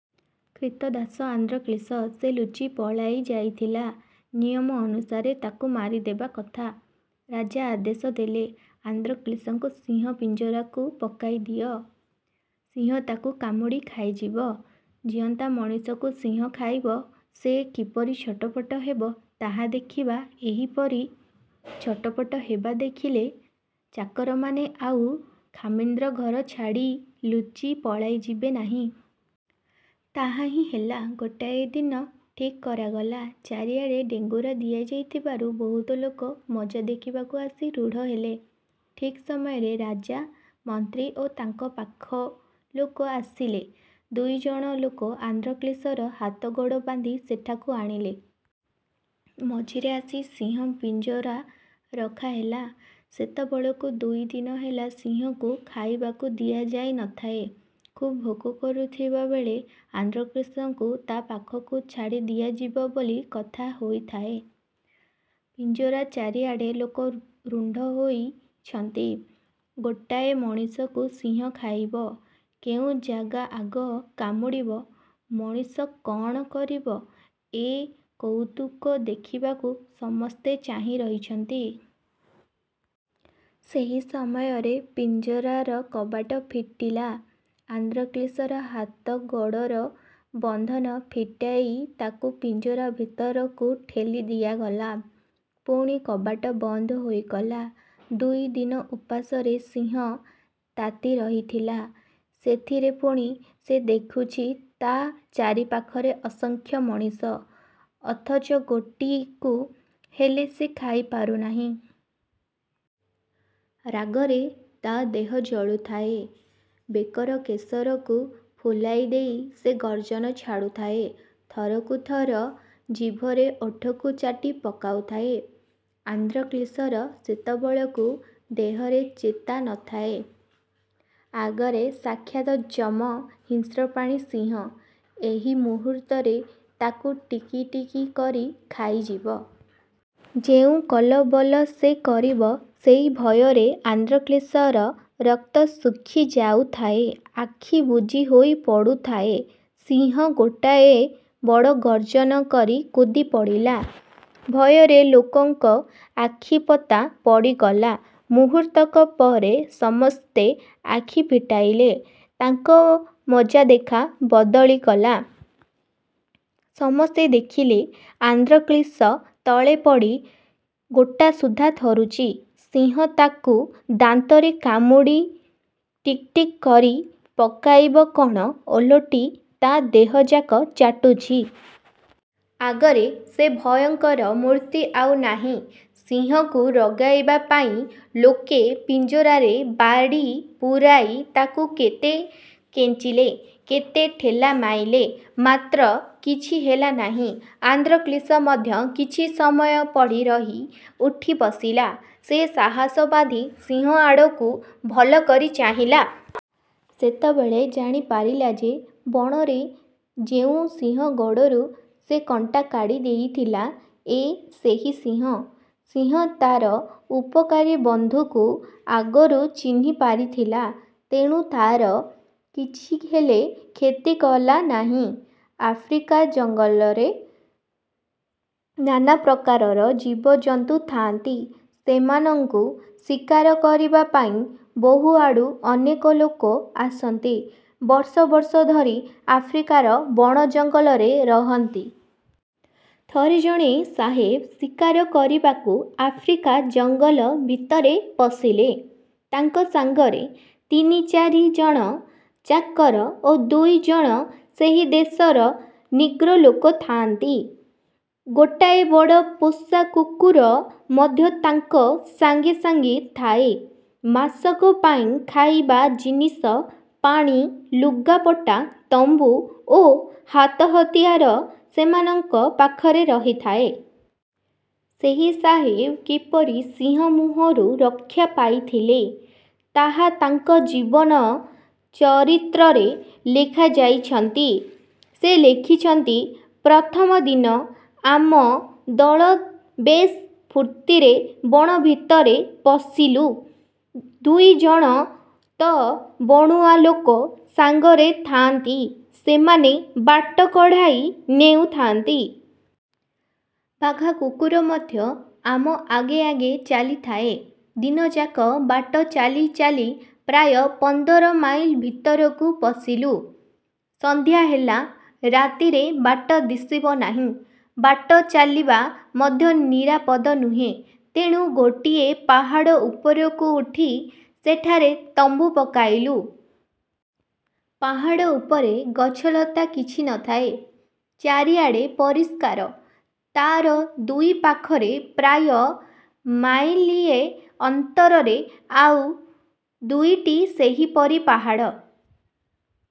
କ୍ରୀତଦାସ ଆନ୍ଦ୍ରୋକ୍ଳିସ; ସେ ଲୁଚି ପଳାଇ ଯାଇଥିଲା। ନିୟମ ଅନୁସାରେ ତାକୁ ମାରିଦେବାର କଥା। ରାଜା ଆଦେଶ ଦେଲେ, ''ଆନ୍ଦ୍ରୋକ୍ଳିସକୁ ସିଂହ ପିଞ୍ଜରାକୁ ପକାଇଦିଅ। ସିଂହ ତାକୁ କାମୁଡ଼ି ଖାଇଯିବ। ଜୀଅନ୍ତା ମଣିଷକୁ ସିଂହ ଖାଇବ, ସେ କିପରି ଛଟପଟ ହେବ-ତାହା ଦେଖିବା। ଏହିପରି ଛଟପଟ ହେବା ଦେଖିଲେ, ଚାକରମାନେ ଆଉ ଖାମିନ୍ଦ ଘର ଛାଡ଼ି ଲୁଚି ପଳାଇଯିବେ ନାହିଁ। '' ତାହା ହିଁ ହେଲା; ଗୋଟାଏ ଦିନ ଠିକ୍ କରାଗଲା। ଚାରିଆଡ଼େ ଡେଙ୍ଗୁରା ଦିଆଯାଇଥିବାରୁ ବହୁତ ଲୋକ ମଜା ଦେଖିବାକୁ ଆସି ରୁଣ୍ଡ ହେଲେ। ଠିକ୍ ସମୟରେ ରାଜା, ମନ୍ତ୍ରୀ ଓ ତାଙ୍କର ପାଖଲୋକ ଆସିଲେ। ଦୁଇ ଜଣ ଲୋକ ଆନ୍ଦ୍ରୋକ୍ଳିସର ହାତଗୋଡ଼ ବାନ୍ଧି ସେଠାକୁ ଆଣିଲେ। ମଝିରେ ଆସି ସିଂହ ପିଞ୍ଜରା ରଖାହେଲା। ସେତେବେଳକୁ ଦୁଇ ଦିନ ହେଲା ସିଂହକୁ ଖାଇବାକୁ ଦିଆଯାଇ ନ ଥାଏ। ଖୁବ୍ ଭୋକ କରୁଥିବାବେଳେ ଆନ୍ଦ୍ରୋକ୍ଳିସ୍କୁ ତା' ପାଖକୁ ଛାଡ଼ିଦିଆଯିବ ବୋଲି କଥା ହୋଇଥାଏ। ପିଞ୍ଜରା ଚାରିଆଡ଼େ ଲୋକ ରୁଣ୍ଡ ହୋଇଛନ୍ତି। ଗୋଟାଏ ମଣିଷକୁ ସିଂହ ଖାଇବ; କେଉଁ ଜାଗା ଆଗ କାମୁଡ଼ିବ, ମଣିଷ କ'ଣ କରିବ-ଏ କଉତୁକ ଦେଖିବାକୁ ସମସ୍ତେ ଚାହିଁ ରହିଛନ୍ତି-। ସେହି ସମୟରେ ପିଞ୍ଜରାର କବାଟ ଫିଟିଲା। ଆନ୍ଦ୍ରୋକ୍ଲିସର ହାତଗୋଡ଼ର ବନ୍ଧନ ଫିଟାଇ ତାକୁ ପିଞ୍ଜରା ଭିତରକୁ ଠେଲି ଦିଆଗଲା। ପୁଣି କବାଟ ବନ୍ଦ ହୋଇଗଲା। ଦୁଇ ଦିନ ଉପାସରେ ସିଂହ ତାତି ରହିଥିଲା। ସେଥିରେ ପୁଣି ସେ ଦେଖୁଛି, ତା' ଚାରିପାଖରେ ଅସଂଖ୍ୟ ମଣିଷ; ଅଥଚ ଗୋଟିକୁ ହେଲେ ସେ ଖାଇପାରୁ ନାହିଁ। ରାଗରେ ତା' ଦେହ ଜଳୁଥାଏ। ବେକର କେଶରକୁ ଫୁଲାଇଦେଇ ସେ ଗର୍ଜନ ଛାଡ଼ୁଥାଏ। ଥରକୁ ଥର ଜିଭରେ ଓଠକୁ ଚାଟି ପକାଉଥାଏ। ଆନ୍ଦ୍ରୋକ୍ଳିସର ସେତେବେଳକୁ ଦେହରେ ଚେତା ନ ଥାଏ। ଆଗରେ ସାକ୍ଷାତ୍ ଯମ-ହିଂସ୍ର ପ୍ରାଣୀ ସିଂହ। ଏହି ମୁହୂର୍ତ୍ତରେ ତାକୁ ଟିକିଟିକି କରି ଖାଇଯିବ। ଯେଉଁ କଲବଲ ସେ କରିବ-ସେହି ଭୟରେ ଆନ୍ଦ୍ରୋକ୍ଳିସର ରକ୍ତ ଶୁଖି ଯାଉଥାଏ; ଆଖି ବୁଜିହୋଇ ପଡ଼ୁଥାଏ। ସିଂହ ଗୋଟାଏ ବଡ଼ ଗର୍ଜନ କରି କୁଦିପଡ଼ିଲା। ଭୟରେ ଲୋକଙ୍କ ଆଖିପତା ପଡ଼ିଗଲା। ମୁହୂର୍ତ୍ତକ ପରେ ସମସ୍ତେ ଆଖି ଫିଟାଇଲେ, ତାଙ୍କ ମଜାଦେଖା ବଦଳିଗଲା। ସମସ୍ତେ ଦେଖିଲେ, ଆନ୍ଦ୍ରୋକ୍ଳିସ ତଳେ ପଡ଼ି ଗୋଟାସୁଦ୍ଧା ଥରୁଛି; ସିଂହ ତାକୁ ଦାନ୍ତରେ କାମୁଡ଼ି ଟିକ୍ଟିକ୍ କରି ପକାଇବ କଅଣ, ଓଲଟି ତା' ଦେହଯାକ ଚାଟୁଛି। ଆଗରେ ସେ ଭୟଙ୍କର ମୂର୍ତ୍ତି ଆଉ ନାହିଁ। ସିଂହକୁ ରଗାଇବା ପାଇଁ ଲୋକେ ପିଞ୍ଜରାରେ ବାଡ଼ି ପୂରାଇ ତାକୁ କେତେ କେଞ୍ଚିଲେ, କେତେ ଢେଲା ମାଇଲେ; ମାତ୍ର କିଛି ହେଲା ନାହିଁ। ଆନ୍ଦ୍ରୋକ୍ଳିସ ମଧ୍ୟ କିଛି ସମୟ ପଡ଼ି ରହି ଉଠି ବସିଲା। ସେ ସାହସ ବାନ୍ଧି ସିଂହ ଆଡ଼କୁ ଭଲକରି ଚାହିଁଲା। ସେତେବେଳେ ଜାଣିପାରିଲା ଯେ, ବଣରେ ଯେଉଁ ସିଂହ ଗୋଡ଼ରୁ ସେ କଣ୍ଟା କାଢ଼ି ଦେଇଥିଲା, ଏ ସେହି ସିଂହ। ସିଂହ ତା'ର ଉପକାରୀ ବନ୍ଧୁକୁ ଆଗରୁ ଚିହ୍ନିପାରିଥିଲା; ତେଣୁ ତା'ର କିଛି ହେଲେ କ୍ଷତି କଲା ନାହିଁ। ଆଫ୍ରିକା ଜଙ୍ଗଲରେ ନାନାପ୍ରକାରର ଜୀବଜନ୍ତୁ ଥାଆନ୍ତି। ସେମାନଙ୍କୁ ଶିକାର କରିବାପାଇଁ ବହୁଆଡ଼ୁ ଅନେକଲୋକ ଆସନ୍ତି; ବର୍ଷବର୍ଷ ଧରି ଆଫ୍ରିକାର ବଣ ଜଙ୍ଗଲରେ ରହନ୍ତି। ଥରେ ଜଣେ ସାହେବ ଶିକାର କରିବାକୁ ଆଫ୍ରିକା ଜଙ୍ଗଲ ଭିତରେ ପଶିଲେ। ତାଙ୍କ ସାଙ୍ଗରେ ତିନି ଚାରି ଜଣ ଚାକର ଓ ଦୁଇ ଜଣ ସେହି ଦେଶର ନିଗ୍ରୋ ଲୋକ ଥାଆନ୍ତି। ଗୋଟାଏ ବଡ଼ ପୋଷା କୁକୁର ମଧ୍ୟ ତାଙ୍କ ସାଙ୍ଗେ ସାଙ୍ଗେ ଥାଏ। ମାସକ ପାଇଁ ଖାଇବା ଜିନିଷ, ପାଣି, ଲୁଗାପଟା, ତମ୍ବୁ ଓ ହାତହତିଆର ସେମାନଙ୍କ ପାଖରେ ରହିଥାଏ। ସେ ସାହେବ କିପରି ସିଂହ ମୁହଁରୁ ରକ୍ଷା ପାଇଥିଲେ, ତାହା ତାଙ୍କ ଜୀବନ ଚରିତରେ ଲେଖିଯାଇଛନ୍ତି। ସେ ଲେଖିଛନ୍ତି- ''ପ୍ରଥମ ଦିନ ଆମ ଦଳ ବେଶ୍ ଫୁର୍ତ୍ତିରେ ବଣ ଭିତରେ ପଶିଲୁ। ଦୁଇ ଜଣ ତ ବଣୁଆ ଲୋକ ସାଙ୍ଗରେ ଥାଆନ୍ତି; ସେମାନେ ବାଟ କଢ଼ାଇ ନେଉଥାଆନ୍ତି। 'ବାଘା' କୁକୁର ମଧ୍ୟ ଆମ ଆଗେ ଆଗେ ଚାଲିଥାଏ। ଦିନଯାକ ବାଟ ଚାଲିଚାଲି ପ୍ରାୟ ପନ୍ଦର ମାଇଲ ଭିତରକୁ ପଶିଲୁ। ସନ୍ଧ୍ୟା ହେଲା-ରାତିରେ ବାଟ ଦିଶିବ ନାହିଁ, ବାଟ ଚାଲିବା ମଧ୍ୟ ନିରାପଦ ନୁହେଁ; ତେଣୁ ଗୋଟିଏ ପାହାଡ଼ ଉପରକୁ ଉଠି ସେଠାରେ ତମ୍ବୁ ପକାଇଲୁ। ପାହାଡ଼ ଉପରେ ଗଛଲତା କିଛି ନ ଥାଏ; ଚାରିଆଡ଼ ପରିଷ୍କାର। ତା'ର ଦୁଇ ପାଖରେ ପ୍ରାୟ ମାଇଲିଏ ଅନ୍ତରରେ ଆଉ ଦୁଇଟି ସେହିପରି ପାହ।